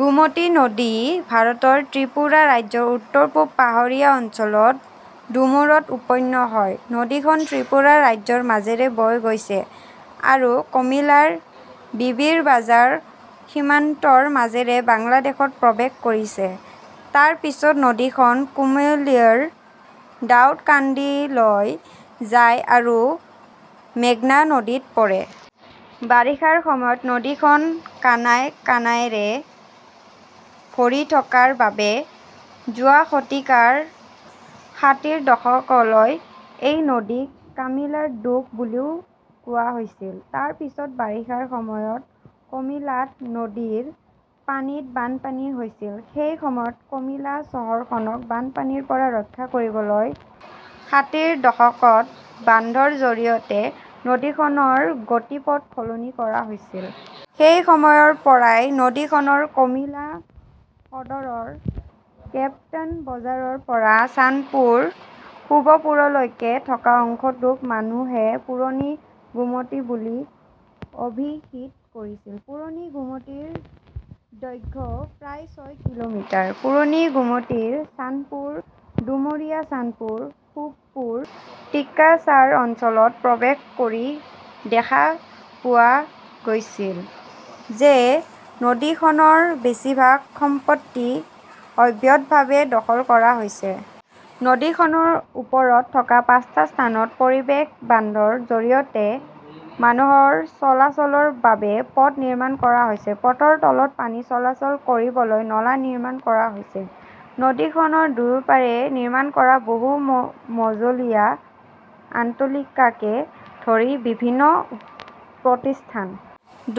গোমতী নদী ভাৰতৰ ত্ৰিপুৰা ৰাজ্যৰ উত্তৰ-পূব পাহাৰীয়া অঞ্চলৰ ডুমুৰত উৎপন্ন হয়। নদীখন ত্ৰিপুৰা ৰাজ্যৰ মাজেৰে বৈ গৈছে আৰু কমিলাৰ বিবিৰবাজাৰ সীমান্তৰ মাজেৰে বাংলাদেশত প্ৰৱেশ কৰিছে। তাৰ পিছত নদীখন কুমিলাৰ দাউদকাণ্ডীলৈ যায় আৰু মেঘনা নদীত পৰে। বাৰিষাৰ সময়ত নদীখন কানাই কানাইৰে ভৰি থকাৰ বাবে যোৱা শতিকাৰ ষাঠিৰ দশকলৈকে এই নদীক কামিলাৰ দুখ বুলিও কোৱা হৈছিল। তাৰ পিছত বাৰিষাৰ সময়ত কমিলাত নদীৰ পানীত বানপানী হৈছিল। সেই সময়ত কমিলা চহৰখনক বানপানীৰ পৰা ৰক্ষা কৰিবলৈ ষাঠিৰ দশকত বান্ধৰ জৰিয়তে নদীখনৰ গতিপথ সলনি কৰা হৈছিল। সেই সময়ৰ পৰাই, নদীখনৰ কমিলা সদৰৰ কাপ্তান বজাৰৰ পৰা চানপুৰ, শুভপুৰলৈকে থকা অংশটোক মানুহে পুৰণি গোমতী বুলি অভিহিত কৰিছিল। পুৰণি গোমতীৰ দৈৰ্ঘ্য প্ৰায় ছয় কিলোমিটাৰ। পুৰণি গোমতীৰ চানপুৰ, ডুমুৰিয়া চানপুৰ, শুভপুৰ, টিক্কাৰচাৰ অঞ্চলত প্ৰৱেশ কৰি দেখা পোৱা গৈছিল যে নদীখনৰ বেছিভাগ সম্পত্তি অবৈধভাৱে দখল কৰা হৈছে। নদীখনৰ ওপৰত থকা পাঁচটা স্থানত পৰিৱেশ বান্ধৰ জৰিয়তে মানুহৰ চলাচলৰ বাবে পথ নিৰ্মাণ কৰা হৈছে। পথৰ তলত পানী চলাচল কৰিবলৈ নলা নিৰ্মাণ কৰা হৈছে। নদীখনৰ দুয়োপাৰে নিৰ্মাণ কৰা বহু-মজলীয়া অট্টালিকাকে ধৰি বিভিন্ন প্ৰতিষ্ঠান।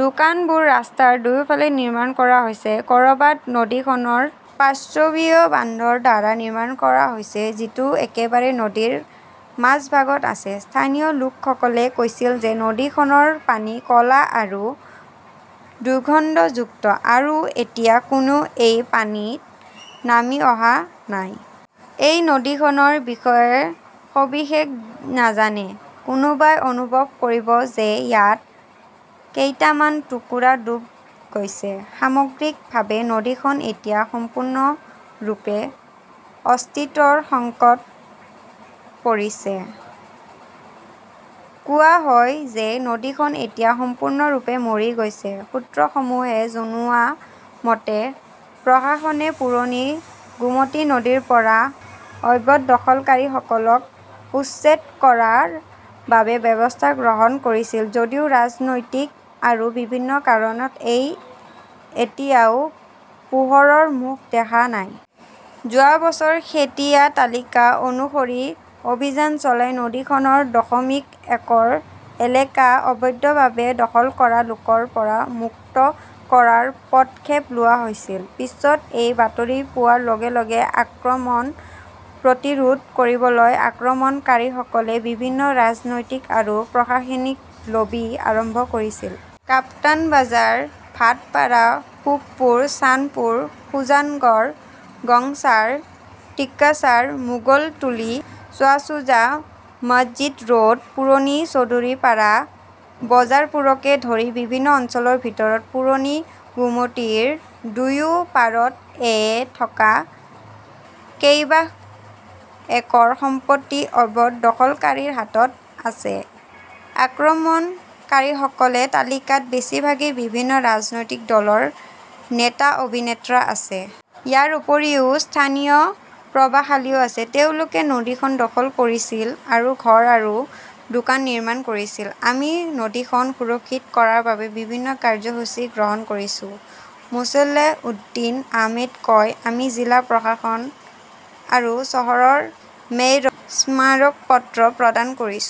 দোকানবোৰ ৰাস্তাৰ দুয়োফালে নিৰ্মাণ কৰা হৈছে, কৰবাত নদীখনৰ পাৰ্শ্বীয় বান্ধৰ দ্বাৰা নিৰ্মাণ কৰা হৈছে। যিটো একেবাৰে নদীৰ মাজভাগত আছে। স্থানীয় লোকসকলে কৈছিল যে নদীখনৰ পানী ক'লা আৰু দুৰ্গন্ধযুক্ত, আৰু এতিয়া কোনেও এই পানীত নামি অহা নাই। এই নদীখনৰ বিষয়ে সবিশেষ নাজানে, কোনোবাই অনুভৱ কৰিব যে ইয়াত কেইটামান টুকুৰা ডুব গৈছে। সামগ্ৰিকভাৱে, নদীখন এতিয়া সম্পূৰ্ণৰূপে অস্তিত্বৰ সংকটত পৰিছে। কোৱা হয় যে নদীখন এতিয়া সম্পূৰ্ণৰূপে মৰি গৈছে, সূত্ৰসমূহে জনোৱা মতে, প্ৰশাসনে পুৰণি গোমতী নদীৰ পৰা অবৈধ দখলকাৰীসকলক উচ্ছেদ কৰাৰ বাবে ব্যৱস্থা গ্ৰহণ কৰিছিল যদিও ৰাজনৈতিক আৰু বিভিন্ন কাৰণত ই এতিয়াও পোহৰৰ মুখ দেখা নাই। যোৱা বছৰ শেহতীয়া তালিকা অনুসৰি অভিযান চলাই নদীখনৰ দশমিক একৰ এলেকা অবৈধভাৱে দখল কৰা লোকৰ পৰা মুক্ত কৰাৰ পদক্ষেপ লোৱা হৈছিল। পিছত এই বাতৰি পোৱাৰ লগে লগে আক্ৰমণ প্ৰতিৰোধ কৰিবলৈ আক্ৰমণকাৰীসকলে বিভিন্ন ৰাজনৈতিক আৰু প্ৰশাসনিক লবি আৰম্ভ কৰিছিল। কাপ্তানবাজাৰ, ভাটপাৰা, শুভপুৰ, চানপুৰ, সুজানগৰ, গংচাৰ, টিক্কাৰচাৰ, মোগলতুলি শ্বাহছুজা মছজিদ ৰোড, পুৰণি চৌধুৰীপাৰা, বজৰপুৰকে ধৰি বিভিন্ন অঞ্চলৰ ভিতৰত পুৰণি গোমতীৰ দুয়ো পাৰত থকা কেইবাশ একৰ সম্পত্তি অবৈধ দখলকাৰীৰ হাতত আছে। আক্ৰমণকাৰীসকলৰ তালিকাত বেছিভাগেই বিভিন্ন ৰাজনৈতিক দলৰ নেতা-অভিনেত্ৰী আছে। ইয়াৰ উপৰিও স্থানীয় প্ৰভাৱশালীও আছে। তেওঁলোকে নদীখন দখল কৰিছিল আৰু ঘৰ আৰু দোকান নিৰ্মাণ কৰিছিল। আমি নদীখন সুৰক্ষিত কৰাৰ বাবে বিভিন্ন কাৰ্যসূচী গ্ৰহণ কৰিছো, মোছলেহ উদ্দিন আহমেদে কয়। আমি জিলা প্ৰশাসক আৰু চহৰৰ মেয়ৰক স্মাৰক পত্ৰ প্ৰদান কৰিছো।